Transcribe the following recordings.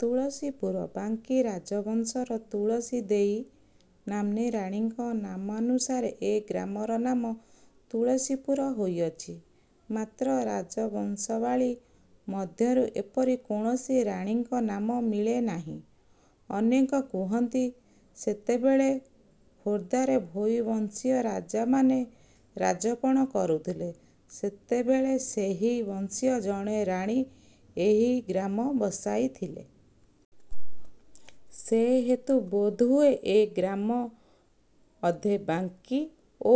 ତୁଳସୀପୁର- ବାଙ୍କୀ ରାଜବଂଶର ତୁଳସୀ ଦେଈ ନାମ୍ନୀ ରାଣୀଙ୍କ ନାମାନୁସାରେ ଏ ଗ୍ରାମର ନାମ ତୁଳସୀପୁର ହୋଇଅଛି। ମାତ୍ର ରାଜବଂଶାବଳୀ ମଧ୍ୟରୁ ଏପରି କୌଣସି ରାଣୀଙ୍କ ନାମ ମିଳେ ନାହିଁ। ଅନେକେ କହନ୍ତି, ଯେତେବେଳେ ଖୋରଧାରେ ଭୋଇ ବଂଶୀୟ ରାଜାମାନେ ରାଜପଣ କରୁଥିଲେ, ସେତେବେଳେ ସେହି ବଂଶୀୟ ଜଣେ ରାଣୀ ଏହି ଗ୍ରାମ ବସାଇଥିଲେ। ସେହେତୁ ବୋଧହୁଏ ଏ ଗ୍ରାମ ଅଧେ ବାଙ୍କୀ ଓ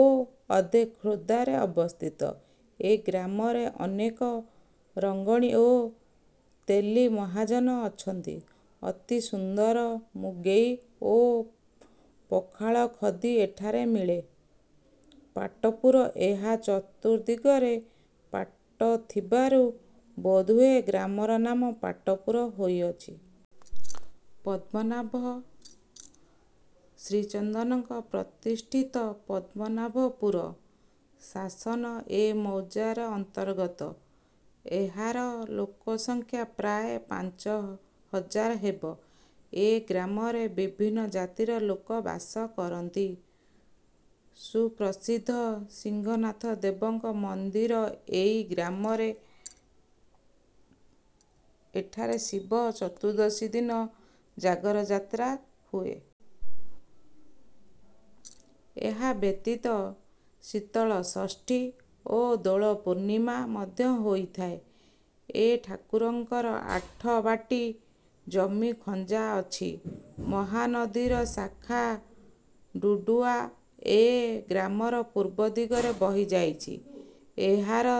ଅଧେ ଖୋର୍ଦ୍ଧାରେ ଅବସ୍ଥିତ। ଏ ଗ୍ରାମରେ ଅନେକ ରଙ୍ଗଣୀ ଓ ତେଲୀ ମହାଜନ ଅଛନ୍ତି। ଅତି ସୁନ୍ଦର ମୁଗେଇ ଓ ପଖାଳ ଖଦୀ ଏଠାରେ ମିଳେ। ପାଟପୁର- ଏହାର ଚତୁର୍ଦ୍ଦିଗରେ ପାଟ ଥିବାରୁ ବୋଧହୁଏ ଗ୍ରାମର ନାମ ପାଟପୁର ହୋଇଅଛି। ପଦ୍ମନାଭ ଶ୍ରୀଚନ୍ଦନଙ୍କ ପ୍ରତିଷ୍ଠିତ ପଦ୍ମନାଭପୁର ଶାସନ ଏ ମୌଜାର ଅନ୍ତର୍ଗତ। ଏହାର ଲୋକସଂଖ୍ୟା ପ୍ରାୟ ପାଞ୍ଚ ହଜାର ହେବ। ଏ ଗ୍ରାମରେ ବିଭିନ୍ନ ଜାତିର ଲୋକ ବାସ କରନ୍ତି। ସୁପ୍ରସିଦ୍ଧ ସିଂହନାଥଦେବଙ୍କ ମନ୍ଦିର ଏଇ ଗ୍ରାମରେ। ଏଠାରେ ଶିବ ଚତୁର୍ଦ୍ଦଶୀ ଦିନ ଜାଗର ଯାତ୍ରା ହୁଏ। ଏହା ବ୍ୟତୀତ ଶୀତଳ ଷଷ୍ଠୀ ଓ ଦୋଳ ପୂର୍ଣ୍ଣିମା ମଧ୍ୟ ହୋଇଥାଏ। ଏ ଠାକୁରଙ୍କର ଆଠ ବାଟୀ ଜମି ଖଞ୍ଜା ଅଛି। ମହାନଦୀର ଶାଖା ଢୁଢ଼ୁଆ ଏ ଗ୍ରାମର ପୂର୍ବ ଦିଗରେ ବହି ଯାଉଅଛି। ଏହାର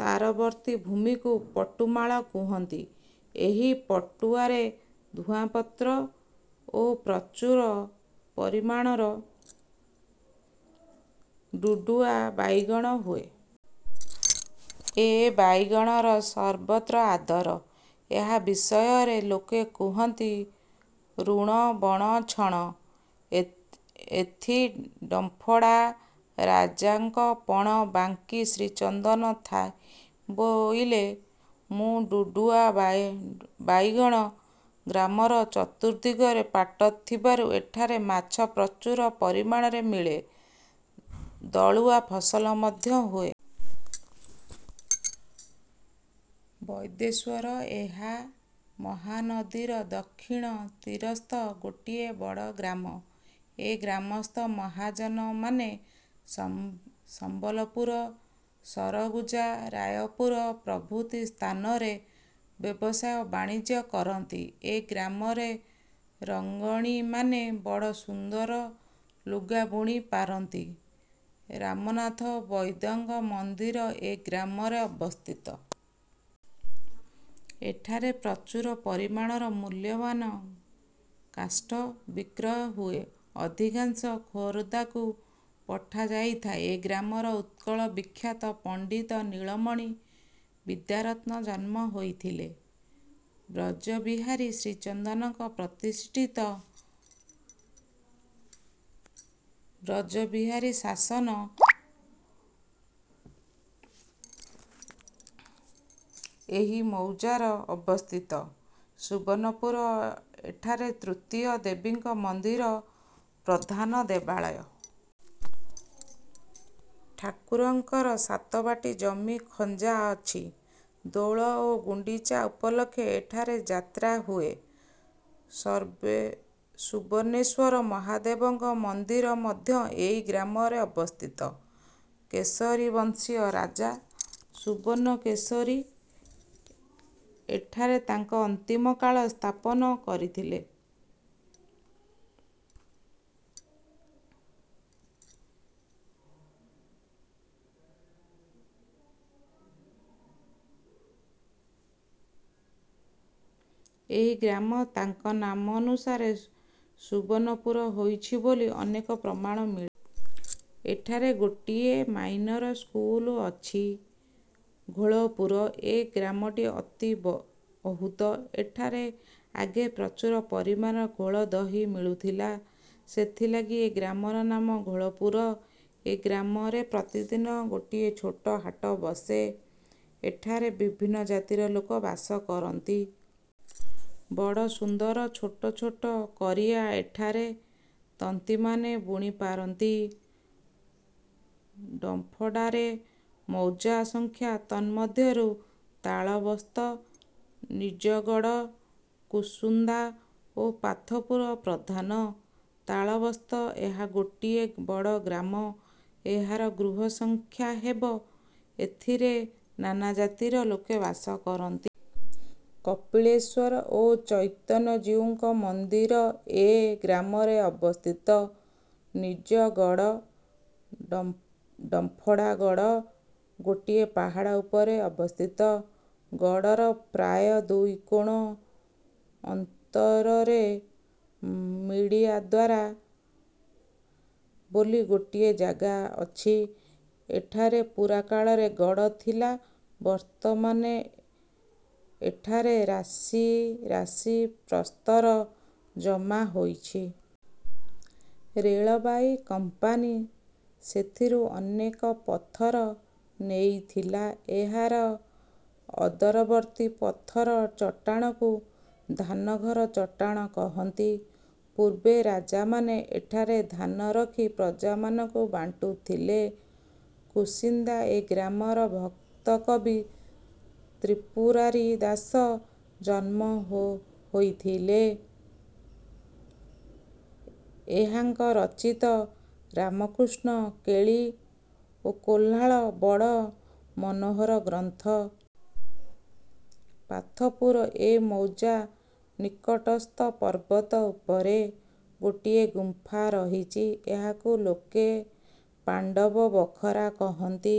ତୀରବର୍ତ୍ତୀ ଭୂମିକୁ "ପଟୁମାଳ" କହନ୍ତି। ଏହି ପଟୁରେ ଧୂଆଁପତ୍ର ଓ ପ୍ରଚୁର ପରିମାଣରେ ଢୁଢ଼ୁଆ ବାଇଗଣ ହୁଏ। ଏ ବାଇଗଣର ସର୍ବତ୍ର ଆଦର। ଏହା ବିଷୟରେ ଲୋକେ କହନ୍ତି- "ରଣ ବଣ ଛଣ−ଏଥି ଡମ୍ପଡ଼ା ରାଜାଙ୍କ ପଣ ବାଙ୍କୀ ଶ୍ରୀଚନ୍ଦନ ଥାଇ ବୋଇଲେ ମୋ ଢୁଢ଼ୁଆ ବାଇଗଣ। '' ଗ୍ରାମର ଚତୁର୍ଦ୍ଦିଗରେ ପାଟ ଥିବାରୁ ଏଠାରେ ମାଛ ପ୍ରଚୁର ପରିମାଣରେ ମିଳେ। ଦାଳୁଅ। ଫସଲ ମଧ୍ୟ ହୁଏ। ବୈଦ୍ୟେଶ୍ଵର- ଏହା ମହାନଦୀର ଦକ୍ଷିଣ ତୀରସ୍ଥ ଗୋଟାଏ ବଡ଼ ଗ୍ରାମ। ଏ ଗ୍ରାମସ୍ଥ ମହାଜନମାନେ ସମ୍ବଲପୁର, ସରଗୁଜା, ରାୟପୁର ପ୍ରଭୃତି ସ୍ଥାନରେ ବ୍ୟବସାୟ ବାଣିଜ୍ୟ କରନ୍ତି। ଏ ଗ୍ରାମର ରଙ୍ଗଣିମାନେ ବଡ଼ ସୁନ୍ଦର ଲୁଗା ବୁଣି ପାରନ୍ତି। ରାମନାଥ ଓ ବୈଦ୍ୟନାଥଙ୍କ ମନ୍ଦିର ଏ ଗ୍ରାମରେ ଅବସ୍ଥିତ। ଏଠାରେ ପ୍ରଚୁର ପରିମାଣରେ ମୁଲ୍ୟବାନ କାଷ୍ଠ ବିକ୍ରୟ ହୁଏ। ଅଧିକାଂଶ ଖୋରଧାକୁ ପଠାଯାଇଥାଏ। ଏ ଗ୍ରାମରେ ଉତ୍କଳ-ବିଖ୍ୟାତ ପଣ୍ଡିତ ନୀଳମଣି ବିଦ୍ୟାରତ୍ନ ଜନ୍ମ ହୋଇଥିଲେ। ବ୍ରଜବିହାରୀ ଶ୍ରୀଚନ୍ଦନଙ୍କ ପ୍ରତିଷ୍ଠିତ ବ୍ରଜବିହାରୀପୁର ଶାସନ ଏହି ମୌଜାରେ ଅବସ୍ଥିତ। ସୁବର୍ଣ୍ଣପୁର- ଏଠାରେ ତୃତୀୟା ଦେବଙ୍କ ମନ୍ଦିର ପ୍ରଧାନ ଦେବାଳୟ। ଠାକୁରଙ୍କର ସାତବାଟୀ ଜମି ଖଞ୍ଜା ଅଛି। ଦୋଳ ଓ ଗୁଣ୍ଡିଚା ଉପଲକ୍ଷେ ଏଠାରେ ଯାତ୍ରା ହୁଏ। ସୁବର୍ଣ୍ଣେଶ୍ଵର ମହାଦେବଙ୍କ ମନ୍ଦିର ମଧ୍ୟ ଏଇ ଗ୍ରାମରେ ଅବସ୍ଥିତ। କେଶରୀ ବଂଶୀୟ ରାଜା ସୁବର୍ଣ୍ଣକେଶରୀ ଏଠାରେ ତାଙ୍କ ଅନ୍ତିମକାଳ ଯାପନ କରିଥିଲେ। ଏହି ଗ୍ରାମ ତାଙ୍କ ନାମାନୁସାରେ ସୁବର୍ଣ୍ଣପୁର ହୋଇଅଛି ବୋଲି ଅନେକ ପ୍ରମାଣ ମିଳେ। ଏଠାରେ ଗୋଟିଏ ମାଇନର ସ୍କୁଲ ଅଛି। ଘୋଳପୁର- ଏ ଗ୍ରାମଟି ଅତି ବୃହତ୍। ଏଠାରେ ଆଗେ ପ୍ରଚୁର ପରିମାଣରେ ଘୋଳ ଦହି ମିଳୁଥିଲା; ସେଥିଲାଗି ଏ ଗ୍ରାମର ନାମ ଘୋଳପୁର। ଏ ଗ୍ରାମରେ ପ୍ରତିଦିନ ଗୋଟିଏ ଛୋଟ ହାଟ ବସେ। ଏଠାରେ ବିଭିନ୍ନ ଜାତିର ଲୋକେ ବାସ କରନ୍ତି। ବଡ଼ ସୁନ୍ଦର ଛୋଟ ଛୋଟ କରିଆ ଏଠାର ତନ୍ତିମାନେ ବୁଣି ପାରନ୍ତି। ଡମ୍ପଡ଼ାର ମୌଜା ସଂଖ୍ୟା। ତନ୍ମଧ୍ୟରେ ତାଳବସ୍ତ, ନିଜଗଡ଼, କୁସୁନ୍ଦା ଓ ପାଥପୁର ପ୍ରଧାନ। ତାଳବସ୍ତ- ଏହା ଗୋଟିଏ ବଡ଼ ଗ୍ରାମ। ଏହାର ଗୃହସଂଖ୍ୟା ହେବ। ଏଥିରେ ନାନା ଜାତିର ଲୋକେ ବାସ କରନ୍ତି। କପିଳେଶ୍ଵର ଓ ଚୈତନ୍ୟଜୀଉଙ୍କ ମନ୍ଦିର ଏ ଗ୍ରାମରେ ଅବସ୍ଥିତ। ନିଜଗଡ଼- ଡମ୍ପଡ଼ା ଗଡ଼ ଗୋଟିଏ ପାହାଡ଼ ଉପରେ ଅବସ୍ଥିତ। ଗଡ଼ର ପ୍ରାୟ ଦୁଇ କ୍ରୋଶ ଅନ୍ତରରେ "ମାଡ଼ିଆ ଦ୍ଵାର'' ବୋଲି ଗୋଟିଏ ଜାଗା ଅଛି। ଏଠାରେ ପୁରାକାଳରେ ଗଡ଼ ଥିଲା। ବର୍ତ୍ତମାନ ଏଠାରେ ରାଶି ରାଶି ପ୍ରସ୍ତର ଜମା ହୋଇଅଛି। ରେଳବାଇ କମ୍ପାନୀ ସେଥିରୁ ଅନେକ ପଥର ନେଇଥିଲା। ଏହାର ଅଦୂରବର୍ତ୍ତୀ ପଥର ଚଟାଣକୁ "ଧାନଘର ଚଟାଣ" କହନ୍ତି। ପୂର୍ବେ ରାଜାମାନେ ଏଠାରେ ଧାନ ରଖି ପ୍ରଜାମାନଙ୍କୁ ବାଣ୍ଟୁଥିଲେ। କୁସୁନ୍ଦା- ଏ ଗ୍ରାମରେ ଭକ୍ତକବି ତ୍ରିପୁରାରି ଦାସ ଜନ୍ମ ହୋଇଥିଲେ। ଏହାଙ୍କ ରଚିତ "ରାମକୃଷ୍ଣ କେଳି−କଲ୍ଲୋଳ'' ବଡ଼ ମନୋହର ଗ୍ରନ୍ଥ। ପାଥପୁର- ଏ ମୌଜା ନିକଟସ୍ଥ ପର୍ବତ ଉପରେ ଗୋଟିଏ ଗୁମ୍ଫା ରହିଅଛି। ଏହାକୁ ଲୋକେ "ପାଣ୍ଡବ ବଖରା " କହନ୍ତି।